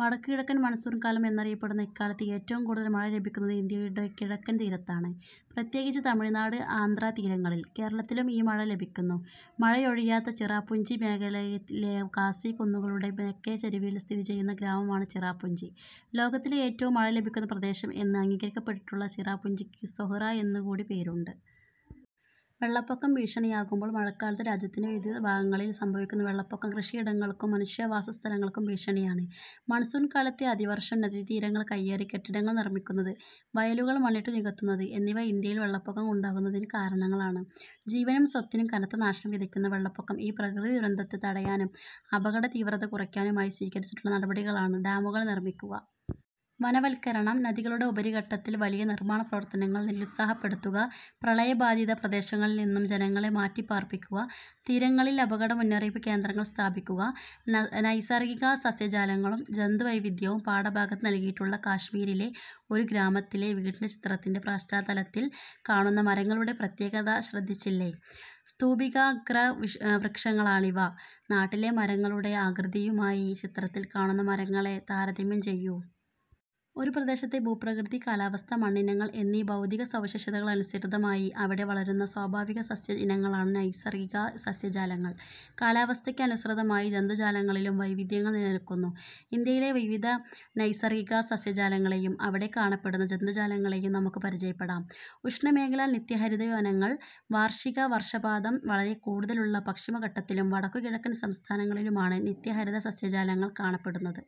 വടക്കുകിഴക്കൻ മൺസൂൺ കാലം എന്നറിയപ്പെടുന്ന ഇക്കാലത്ത് ഏറ്റവും കൂടുതൽ മഴ ലഭിക്കുന്നത് ഇന്ത്യയുടെ കിഴക്കൻ തീരത്താണ്, പ്രത്യേകിച്ച് തമിഴ്നാട്, ആന്ധ്രാതീരങ്ങളിൽ. കേരളത്തിലും ഈ മഴ ലഭിക്കുന്നു. മഴയൊഴിയാത്ത ചിറാപുഞ്ചി മേഘാലയത്തിലെ ഖാസി കുന്നുകളുടെ തെക്കേചരിവിൽ സ്ഥിതി ചെയ്യുന്ന ഗ്രാമമാണ് ചിറാപുഞ്ചി. ലോകത്തിലെ ഏറ്റവും മഴ ലഭിക്കുന്ന പ്രദേശം എന്ന് അംഗീകരിക്കപ്പെട്ടിട്ടുള്ള ചിറാപുഞ്ചിക്ക് സൊഹ്റ എന്നുകൂടി പേരുണ്ട്. വെള്ളപ്പൊക്കം ഭീഷണിയാകുമ്പോൾ... മഴക്കാലത്ത് രാജ്യത്തിന്റെ വിവിധഭാഗങ്ങളിൽ സംഭവിക്കുന്ന വെള്ളപ്പൊക്കം കൃഷിയിടങ്ങൾക്കും മനുഷ്യവാസസ്ഥലങ്ങൾക്കും ഭീഷണിയാണ്. മൺസൂൺ കാലത്തെ അതിവർഷം, നദീതീരങ്ങൾ കയ്യേറി കെട്ടിടങ്ങൾ നിർമിക്കുന്നത്, വയലുകൾ മണ്ണിട്ടു നികത്തുന്നത് എന്നിവ ഇന്ത്യയിൽ വെള്ളപ്പൊക്കം ഉണ്ടാകുന്നതിനു കാരണങ്ങളാണ്. ജീവനും സ്വത്തിനും കനത്ത നാശം വിതയ്ക്കുന്ന വെള്ളപ്പൊക്കം ഈ പ്രകൃതി ദുരന്തത്തെ തടയാനും അപകടതീവ്രത കുറയ്ക്കാനുമായി സ്വീകരിച്ചിട്ടുള്ള നടപടികളാണ്, ഡാമുകൾ നിർമ്മിക്കുക. വനവൽക്കരണം. നദികളുടെ ഉപരിഘട്ടങ്ങളിൽ വലിയ നിർമാണ പ്രവർത്തനങ്ങൾ നിരുത്സാഹപ്പെടുത്തുക. പ്രളയബാധിത പ്രദേശങ്ങളിൽനിന്നും ജനങ്ങളെ മാറ്റിപ്പാർപ്പിക്കുക. തീരങ്ങളിൽ അപകട മുന്നറിയിപ്പ് കേന്ദ്രങ്ങൾ സ്ഥാപിക്കുക. നൈസർഗിക സസ്യജാലങ്ങളും ജന്തുവൈവിധ്യവും പാഠഭാഗത്ത് നൽകിയിട്ടുള്ള കാശ്മീരിലെ ഒരു ഗ്രാമത്തിലെ വീടിന്റെ ചിത്രത്തിന്റെ പശ്ചാത്തലത്തിൽ കാണുന്ന മരങ്ങളുടെ പ്രത്യേകത ശ്രദ്ധിച്ചില്ലേ? സ്തൂപികാഗ്രവൃക്ഷങ്ങളാണിവ. നാട്ടിലെ മരങ്ങളുടെ ആകൃതിയുമായി ചിത്രത്തിൽ കാണുന്ന മരങ്ങളെ താരതമ്യം ചെയ്യൂ. ഒരു പ്രദേശത്തെ ഭൂപ്രകൃതി, കാലാവസ്ഥ, മണ്ണിനങ്ങൾ എന്നീ ഭൗതിക സവിശേഷതകൾക്കനുസൃതമായി അവിടെ വളരുന്ന സ്വാഭാവിക സസ്യഇനങ്ങളാണ് നൈസർഗിക സസ്യജാലങ്ങൾ. കാലാവസ്ഥയ്ക്ക് അനുസൃതമായി ജന്തുജാലങ്ങളിലും വൈവിധ്യങ്ങൾ നിലനിൽക്കുന്നു. ഇന്ത്യയിലെ വിവിധ നൈസർഗിക സസ്യജാലങ്ങളെയും അവിടെ കാണപ്പെടുന്ന ജന്തു ജാലങ്ങളെയും നമുക്ക് പരിചയപ്പെടാം. ഉഷ്ണമേഖലാ നിത്യഹരിതവനങ്ങൾ വാർഷിക വർഷപാതം വളരെ കൂടുതലുള്ള പശ്ചിമഘട്ടത്തിലും വടക്കുകിഴക്കൻ സംസ്ഥാനങ്ങളിലുമാണ് നിത്യഹരിതസസ്യജാലങ്ങൾ കാണപ്പെടുന്നത്.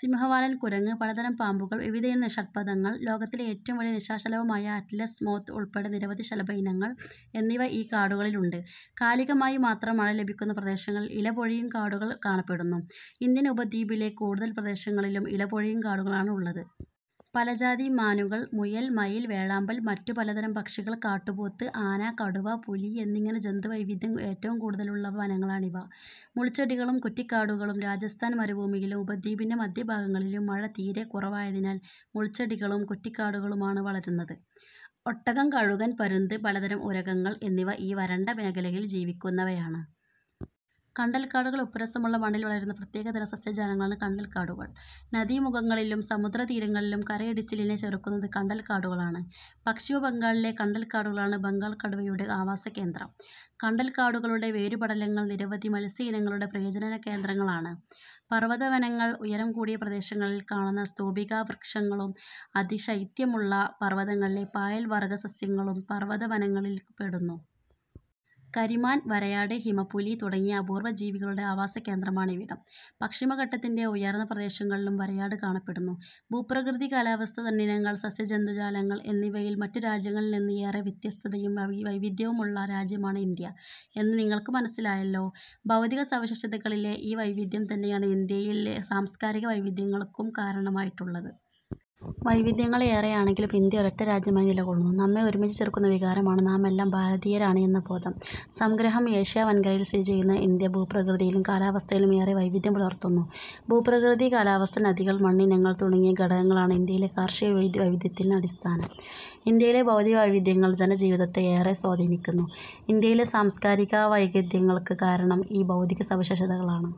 സിംഹവാലൻ കുരങ്ങ്, പലതരം പാമ്പുകൾ, വിവിധയിനം ഷഡ്പദങ്ങൾ, ലോകത്തിലെ ഏറ്റവും വലിയ നിശാശലഭമായ അറ്റ്ലസ് മോത്ത് ഉൾപ്പെടെ നിരവധി ശലഭ ഇനങ്ങൾ എന്നിവ ഈ കാടുകളിലുണ്ട്. കാലികമായി മാത്രം മഴ ലഭിക്കുന്ന പ്രദേശങ്ങളിൽ ഇല പൊഴിയും കാടുകൾ കാണപ്പെടുന്നു. ഇന്ത്യൻ ഉപദ്വീപിലെ കൂടുതൽ പ്രദേശങ്ങളിലും ഇലപൊഴിയും കാടുകളാണ് ഉള്ളത്. പല ജാതി മാനുകൾ, മുയൽ, മയിൽ, വേഴാമ്പൽ, മറ്റു പലതരം പക്ഷികൾ, കാട്ടുപോത്ത്, ആന, കടുവ, പുലി എന്നിങ്ങനെ ജന്തു വൈവിധ്യം ഏറ്റവും കൂടുതലുള്ള വനങ്ങളാണിവ. മുൾച്ചെടികളും കുറ്റിക്കാടുകളും രാജസ്ഥാൻ മരുഭൂമിയിലും ഉപദ്വീപിന്റെ മധ്യഭാഗങ്ങളിലും മഴ തീരെ കുറവായതിനാൽ മുൾച്ചെടികളും കുറ്റിക്കാടുകളുമാണ് വളരുന്നത്. ഒട്ടകം, കഴുകൻ, പരുന്ത്, പലതരം ഉരഗങ്ങൾ എന്നിവ ഈ വരണ്ട മേഖലയിൽ ജീവിക്കുന്നവയാണ്. കണ്ടൽക്കാടുകൾ ഉപ്പുരസമുള്ള മണ്ണിൽ വളരുന്ന പ്രത്യേകതരം സസ്യജാലങ്ങളാണ് കണ്ടൽക്കാടുകൾ. നദീമുഖങ്ങളിലും സമുദ്രതീരങ്ങളിലും കരയിടിച്ചിലിനെ ചെറുക്കുന്നത് കണ്ടൽക്കാടുകളാണ്. പശ്ചിമബംഗാളിലെ കണ്ടൽക്കാടുകളാണ് ബംഗാൾ കടുവയുടെ ആവാസകേന്ദ്രം. കണ്ടൽക്കാടുകളുടെ വേരുപടലങ്ങൾ നിരവധി മത്സ്യയിനങ്ങളുടെ പ്രജനനകേന്ദ്രങ്ങളാണ്. പർവതവനങ്ങൾ ഉയരം കൂടിയ പ്രദേശങ്ങളിൽ കാണുന്ന സ്തൂപികാഗ്രവ്യക്ഷങ്ങളും അതിശൈത്യമുള്ള പർവതങ്ങളിലെ പായൽ വർഗ്ഗ സസ്യങ്ങളും പർവതവനങ്ങളിൽപ്പെടുന്നു. കരിമാൻ, വരയാട്, ഹിമപ്പുലി തുടങ്ങിയ അപൂർവ ജീവികളുടെ ആവാസകേന്ദ്രമാണിവിടം പശ്ചിമഘട്ടത്തിന്റെ ഉയർന്ന പ്രദേശങ്ങളിലും വരയാട് കാണപ്പെടുന്നു. ഭൂപ്രകൃതി, കാലാവസ്ഥ, മണ്ണിനങ്ങൾ, സസ്യജന്തുജാലങ്ങൾ എന്നിവയിൽ മറ്റുരാജ്യങ്ങളിൽനിന്ന് ഏറെ വ്യത്യസ്തതയും വൈവിധ്യവുമുള്ള രാജ്യമാണ് ഇന്ത്യ എന്ന് നിങ്ങൾക്ക് മനസിലായല്ലോ. ഭൗതിക സവിശേഷതകളിലെ ഈ വൈവിധ്യം തന്നെയാണ് ഇന്ത്യയിൽ സാംസ്കാരിക വൈവിധ്യങ്ങൾക്കും കാരണമായിട്ടുള്ളത്. വൈവിധ്യങ്ങൾ ഏറെയാണങ്കിലും ഇന്ത്യ ഒരൊറ്റരാജ്യമായി നിലകൊള്ളുന്നു. നമ്മെ ഒരുമിച്ചുചേർക്കുന്ന വികാരമാണ് നാമെല്ലാം ഭാരതീയരാണ് എന്ന ബോധം. സംഗ്രഹം ഏഷ്യാവൻകരയിൽ സ്ഥിതിചെയ്യുന്ന ഇന്ത്യ ഭൂപ്രകൃതിയിലും കാലാവസ്ഥയിലും ഏറെ വൈവിധ്യം പുലർത്തുന്നു. ഭൂപ്രകൃതി, കാലാവസ്ഥ, നദികൾ, മണ്ണിനങ്ങൾ തുടങ്ങിയ ഘടകങ്ങളാണ് ഇന്ത്യയിലെ കാർഷിക വൈവിധ്യത്തിന് അടിസ്ഥാനം. ഇന്ത്യയിലെ ഭൗതിക വൈവിധ്യങ്ങൾ ജനജീവിതത്തെ ഏറെ സ്വാധീനിക്കുന്നു. ഇന്ത്യയിലെ സാംസ്കാരിക വൈവിധ്യങ്ങൾക്ക് കാരണം ഈ ഭൗതിക സവിശേഷതകളാണ്.